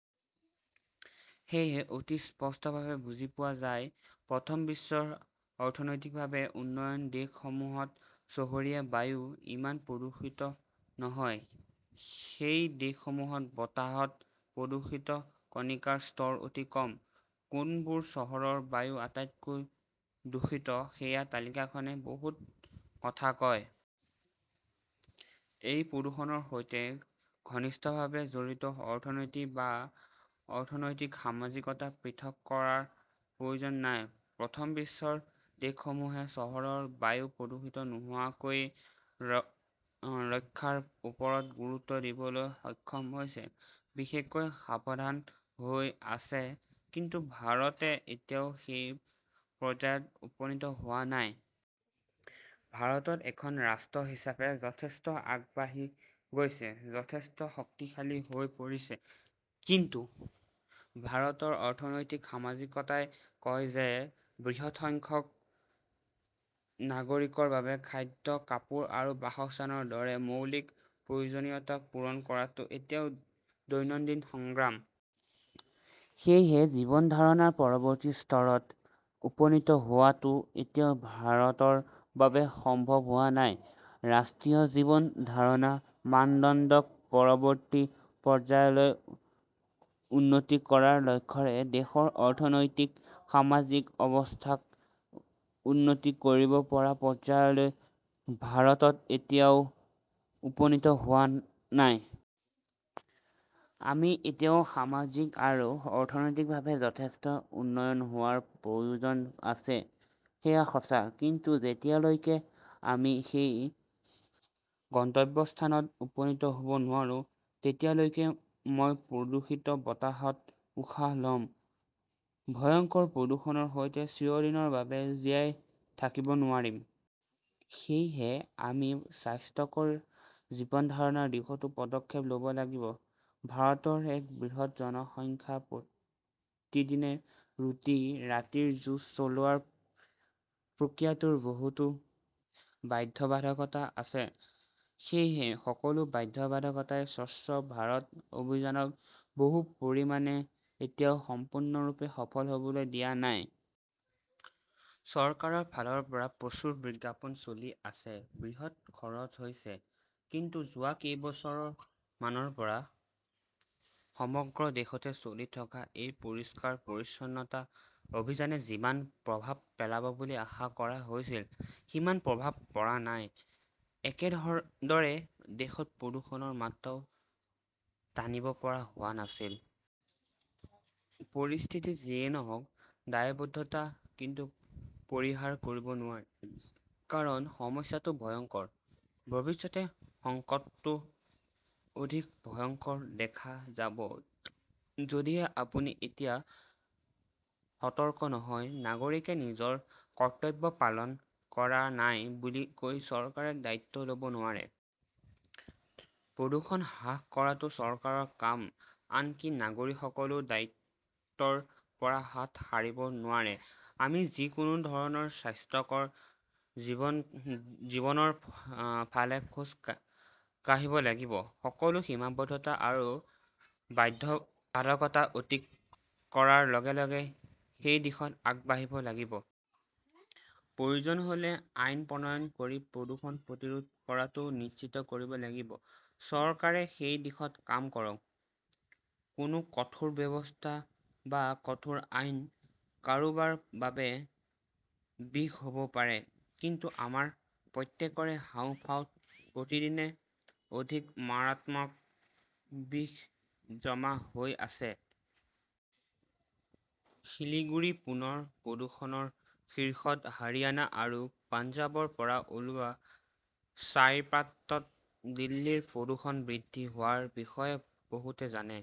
সেয়েহে অতি স্পষ্টভাৱে বুজি পোৱা যায়, প্ৰথম বিশ্বৰ অৰ্থনৈতিকভাৱে উন্নত দেশসমূহত চহৰীয়া বায়ু ইমান প্ৰদূষিত নহয়। সেই দেশসমূহত বতাহত প্ৰদূষিত কণিকাৰ স্তৰ অতি কম। কোনবোৰ চহৰৰ বায়ু আটাইতকৈ দূষিত, সেয়া তালিকাখনে বহুত কথা কয়। এই প্ৰদূষণৰ সৈতে ঘনিষ্ঠভাৱে জড়িত অৰ্থনীতি বা অৰ্থনৈতিক-সামাজিকতা পৃথক কৰাৰ প্ৰয়োজন নাই। প্ৰথম বিশ্বৰ দেশসমূহে চহৰৰ বায়ু প্ৰদূষিত নোহোৱাকৈ ৰখাৰ ওপৰত গুৰুত্ব দিবলৈ সক্ষম হৈছে, বিশেষকৈ সাৱধান হৈ আছে। কিন্তু ভাৰতে এতিয়াও সেই পৰ্যায়ত উপনীত হোৱা নাই। ভাৰত এখন ৰাষ্ট্ৰ হিচাপে যথেষ্ট আগবাঢ়ি গৈছে আৰু যথেষ্ট শক্তিশালী হৈ পৰিছে। কিন্তু ভাৰতৰ অৰ্থনৈতিক-সামাজিকতাই কয় যে, বৃহৎ সংখ্যক নাগৰিকৰ বাবে খাদ্য, কাপোৰ আৰু বাসস্থানৰ দৰে মৌলিক প্ৰয়োজনীয়তা পূৰণ কৰাটো এতিয়াও দৈনন্দিন সংগ্ৰাম। সেয়েহে জীৱন ধাৰণৰ পৰৱৰ্তী স্তৰত উপনীত হোৱাটো এতিয়াও ভাৰতৰ বাবে সম্ভৱ হোৱা নাই। ৰাষ্ট্ৰীয় জীৱন ধাৰণৰ মানদণ্ডক পৰৱৰ্তী পৰ্যায়লৈ উন্নীত কৰাৰ লক্ষ্যৰে দেশৰ অৰ্থনৈতিক-সামাজিক অৱস্থাক উন্নীত কৰিব পৰা পৰ্যায়লৈ ভাৰত এতিয়াও উপনীত হোৱা নাই। আমি এতিয়াও সামাজিক আৰু অৰ্থনৈতিকভাৱে যথেষ্ট উন্নত হোৱাৰ প্ৰয়োজন আছে, সেয়া সঁচা। কিন্তু যেতিয়ালৈকে মই সেই গন্তব্যস্থানত উপনীত হব নোৱাৰোঁ, তেতিয়ালৈকে মই প্ৰদূষিত বতাহত উশাহ লম। ভয়ংকৰ প্ৰদূষণৰ সৈতে চিৰদিনৰ বাবে জীয়াই থাকিব নোৱাৰিম। সেয়েহে আমি স্বাস্থ্যকৰ জীৱন ধাৰণৰ দিশতো পদক্ষেপ লব লাগিব। ভাৰতৰ এক বৃহৎ জনসংখ্যা প্ৰতিদিনে ৰুটি-ৰাতিৰ যুঁজ চলোৱাৰ প্ৰক্ৰিয়াটোৰ বহুতো বাধ্যবাধকতা আছে। সেই সকলো বাধ্যবাধকতাই স্বচ্ছ ভাৰত অভিযানক বহু পৰিমাণে এতিয়াও সম্পূৰ্ণৰূপে সফল হবলৈ দিয়া নাই। চৰকাৰৰ ফালৰ পৰা প্ৰচুৰ বিজ্ঞাপন চলি আছে, বৃহৎ খৰচ হৈছে, কিন্তু যোৱা কেইবছৰমানৰ পৰা সমগ্ৰ দেশতে চলি থকা এই পৰিষ্কাৰ-পৰিচ্ছন্নতা অভিযানে যিমান প্ৰভাৱ পেলাব বুলি আশা কৰা হৈছিল, সিমান প্ৰভাৱ পৰা নাই। একেদৰে, দেশত প্ৰদূষণৰ মাত্ৰাও টানিব পৰা হোৱা নাছিল। পৰিস্থিতি যিয়েই নহওঁক, দায়বদ্ধতা কিন্তু পৰিহাৰ কৰিব নোৱাৰি। কাৰণ সমস্যাটো ভয়ংকৰ। ভৱিষ্যতে সংকটটো অধিক ভয়ংকৰ দেখা যাব, যদিহে আপুনি এতিয়া সতৰ্ক নহয়। নাগৰিকে নিজৰ কৰ্তব্য পালন কৰা নাই বুলি কৈ চৰকাৰে দায়িত্ব লব নোৱাৰে। প্ৰদূষণ হ্ৰাস কৰাটো চৰকাৰৰ কাম, আনকি নাগৰিকসকলেও দায়িত্বৰ পৰা হাত সাৰিব নোৱাৰে। আমি যিকোনো ধৰণে স্বাস্থ্যকৰ জীৱনৰ ফালে খোজ কাঢ়িব লাগিব। সকলো সীমাবদ্ধতা আৰু বাধ্যবাধকতা অতিক্ৰম কৰাৰ লগে লগে সেই দিশত আগবাঢ়িব লাগিব। প্ৰয়োজন হলে আইন প্ৰণয়ন কৰি প্ৰদূষণ প্ৰতিৰোধ কৰাটো নিশ্চিত কৰিব লাগিব। চৰকাৰে সেই দিশত কাম কৰক। কোনো কঠোৰ ব্যৱস্থা বা কঠোৰ আইন কাৰোবাৰ বাবে বিষ হব পাৰে। কিন্তু আমাৰ প্ৰত্যেকৰে হাঁওফাঁওত প্ৰতিদিনে অধিক মাৰাত্মক বিষ জমা হৈ আছে। শিলিগুৰি পুনৰ প্ৰদূষণৰ শীৰ্ষত । হাৰিয়ানা আৰু পঞ্জাৱৰ পৰা ওলোৱা ছাইৰ পাত্ৰত দিল্লীৰ প্ৰদূষণ বৃদ্ধি হোৱাৰ বিষয়ে বহুতে জানে।